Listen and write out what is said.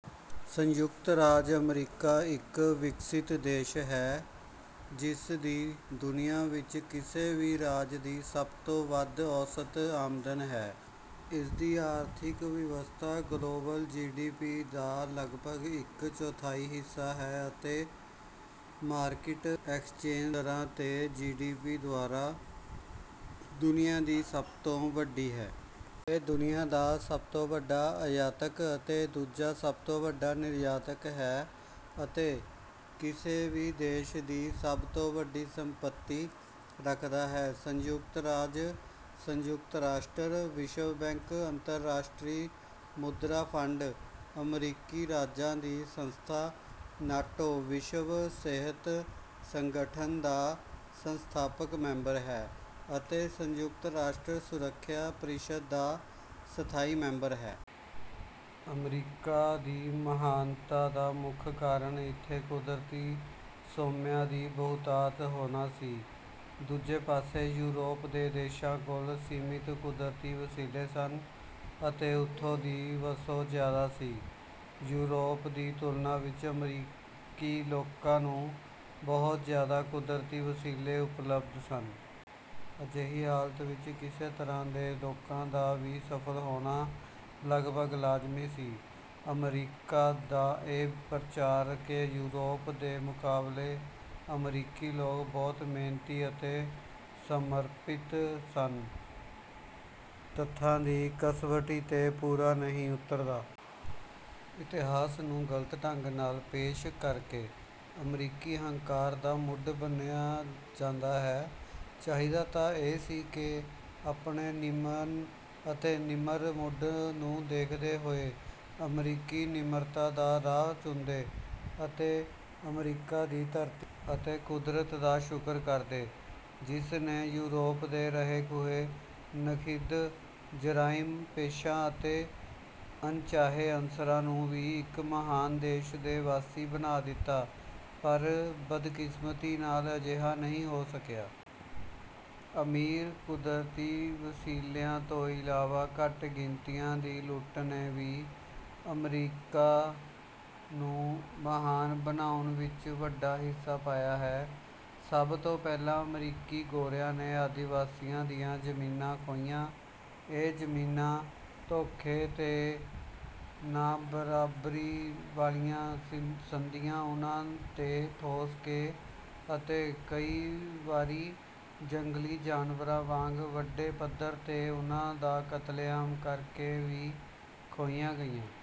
ਸੰਯੁਕਤ ਰਾਜ ਅਮਰੀਕਾ ਇੱਕ ਉੱਚ ਵਿਕਸਤ ਦੇਸ਼ ਹੈ ਜਿਸਦੀ ਦੁਨੀਆ ਵਿੱਚ ਕਿਸੇ ਵੀ ਰਾਜ ਦੀ ਸਭ ਤੋਂ ਵੱਧ ਔਸਤ ਆਮਦਨ ਹੈ। ਇਸਦੀ ਅਰਥਵਿਵਸਥਾ ਗਲੋਬਲ ਜੀਡੀਪੀ ਦਾ ਲਗਭਗ ਇੱਕ ਚੌਥਾਈ ਹਿੱਸਾ ਹੈ ਅਤੇ ਮਾਰਕੀਟ ਐਕਸਚੇਂਜ ਦਰਾਂ 'ਤੇ ਜੀਡੀਪੀ ਦੁਆਰਾ ਦੁਨੀਆ ਦੀ ਸਭ ਤੋਂ ਵੱਡੀ ਹੈ। ਇਹ ਦੁਨੀਆ ਦਾ ਸਭ ਤੋਂ ਵੱਡਾ ਆਯਾਤਕ ਅਤੇ ਦੂਜਾ ਸਭ ਤੋਂ ਵੱਡਾ ਨਿਰਯਾਤਕ ਹੈ, ਅਤੇ ਕਿਸੇ ਵੀ ਦੇਸ਼ ਦੀ ਸਭ ਤੋਂ ਵੱਡੀ ਸੰਪੱਤੀ ਰੱਖਦਾ ਹੈ। ਸੰਯੁਕਤ ਰਾਜ ਸੰਯੁਕਤ ਰਾਸ਼ਟਰ, ਵਿਸ਼ਵ ਬੈਂਕ, ਅੰਤਰਰਾਸ਼ਟਰੀ ਮੁਦਰਾ ਫੰਡ, ਅਮਰੀਕੀ ਰਾਜਾਂ ਦੀ ਸੰਸਥਾ, ਨਾਟੋ, ਵਿਸ਼ਵ ਸਿਹਤ ਸੰਗਠਨ ਦਾ ਸੰਸਥਾਪਕ ਮੈਂਬਰ ਹੈ, ਅਤੇ ਸੰਯੁਕਤ ਰਾਸ਼ਟਰ ਸੁਰੱਖਿਆ ਪ੍ਰੀਸ਼ਦ ਦਾ ਸਥਾਈ ਮੈਂਬਰ ਹੈ। ਅਮਰੀਕਾ ਦੀ ਮਹਾਨਤਾ ਦਾ ਮੁੱਖ ਕਾਰਨ ਇੱਥੇ ਕੁਦਰਤੀ ਸੋਮਿਆਂ ਦੀ ਬਹੁਤਾਤ ਹੋਣਾ ਸੀ। ਦੂਜੇ ਪਾਸੇ ਯੂਰਪ ਦੇ ਦੇਸ਼ਾਂ ਕੋਲ ਸੀਮਿਤ ਕੁਦਰਤੀ ਵਸੀਲੇ ਸਨ ਅਤੇ ਉਥੋਂ ਦੀ ਵਸੋਂ ਜ਼ਿਆਦਾ ਸੀ। ਯੂਰਪ ਦੀ ਤੁਲਨਾ ਵਿੱਚ ਅਮਰੀਕੀ ਲੋਕਾਂ ਨੂੰ ਬਹੁਤ ਜ਼ਿਆਦਾ ਕਦਰਤੀ ਵਸੀਲੇ ਉਪਲਬਧ ਸਨ। ਅਜਿਹੀ ਹਾਲਤ ਵਿੱਚ ਕਿਸੇ ਤਰ੍ਹਾਂ ਦੇ ਲੋਕਾਂ ਦਾ ਵੀ ਸਫ਼ਲ ਹੋਣਾ ਲਗਪਗ ਲਾਜ਼ਮੀ ਸੀ। ਅਮਰੀਕਾ ਦਾ ਇਹ ਪ੍ਰਚਾਰ ਕਿ ਯੂਰਪ ਦੇ ਮੁਕਾਬਲੇ ਅਮਰੀਕੀ ਲੋਕ ਬਹੁਤ ਮਿਹਨਤੀ ਅਤੇ ਸਮਰਪਿਤ ਸਨ ਤੱਥਾਂ ਦੀ ਕਸਵਟੀ 'ਤੇ ਪੂਰਾ ਨਹੀਂ ਉਤਰਦਾ। ਇਤਿਹਾਸ ਨੂੰ ਗਲਤ ਢੰਗ ਨਾਲ ਪੇਸ਼ ਕਰਕੇ ਅਮਰੀਕੀ ਹੰਕਾਰ ਦਾ ਮੁੱਢ ਬੰਨਿ੍ਹਆ ਜਾਂਦਾ ਹੈ। ਚਾਹੀਦਾ ਤਾਂ ਇਹ ਸੀ ਕਿ ਆਪਣੇ ਨਿਮਨ ਅਤੇ ਨਿਮਰ ਮੁੱਢ ਨੂੰ ਦੇਖਦੇ ਹੋਏ ਅਮੀਰਕੀ ਨਿਮਰਤਾ ਦਾ ਰਾਹ ਚੁਣਦੇ ਅਤੇ ਅਮਰੀਕਾ ਦੀ ਧਰਤੀ ਅਤੇ ਕੁਦਰਤ ਦਾ ਸ਼ੁਕਰ ਕਰਦੇ ਜਿਸ ਨੇ ਯੂਰਪ ਦੇ ਰਹੇ-ਖੁਹੇ, ਨਖਿੱਧ, ਜਰਾਇਮ ਪੇਸ਼ਾ ਅਤੇ ਅਣਚਾਹੇ ਅਨਸਰਾਂ ਨੂੰ ਵੀ ਇੱਕ ਮਹਾਨ ਦੇਸ਼ ਦੇ ਵਾਸੀ ਬਣਾ ਦਿੱਤਾ ਪਰ ਬਦਕਿਸਮਤੀ ਨਾਲ ਅਜਿਹਾ ਨਹੀਂ ਹੋ ਸਕਿਆ। ਅਮੀਰ ਕੁਦਰਤੀ ਵਸੀਲਿਆਂ ਤੋਂ ਇਲਾਵਾ ਘੱਟ ਗਿਣਤੀਆਂ ਦੀ ਲੁੱਟ ਨੇ ਵੀ ਅਮਰੀਕਾ ਨੂੰ ਮਹਾਨ ਬਣਾਉਣ ਵਿੱਚ ਵੱਡਾ ਹਿੱਸਾ ਪਇਆ ਹੈ। ਸਭ ਤੋਂ ਪਹਿਲਾਂ ਅਮਰੀਕੀ ਗੋਰਿਆਂ ਨੇ ਆਦਿਵਾਸੀਆਂ ਦੀਆਂ ਜ਼ਮੀਨਾਂ ਖੋਹੀਆਂ, ਇਹ ਜ਼ਮੀਨਾਂ ਧੋਖੇ ਤੇ ਨਾਬਰਾਬਰੀ ਵਾਲੀਆਂ ਸੰਧੀਆਂ ਉਨ੍ਹਾਂ 'ਤੇ ਠੋਸ ਕੇ ਅਤੇ ਕਈ ਵਾਰੀ ਜੰਗਲੀ ਜਾਨਵਰਾਂ ਵਾਂਗ ਵੱਡੇ ਪੱਧਰ 'ਤੇ ਉਨ੍ਹਾਂ ਦਾ ਕਤਲੇਆਮ ਕਰ ਕੇ ਵੀ ਖੋਹੀਆਂ ਗਈਆਂ।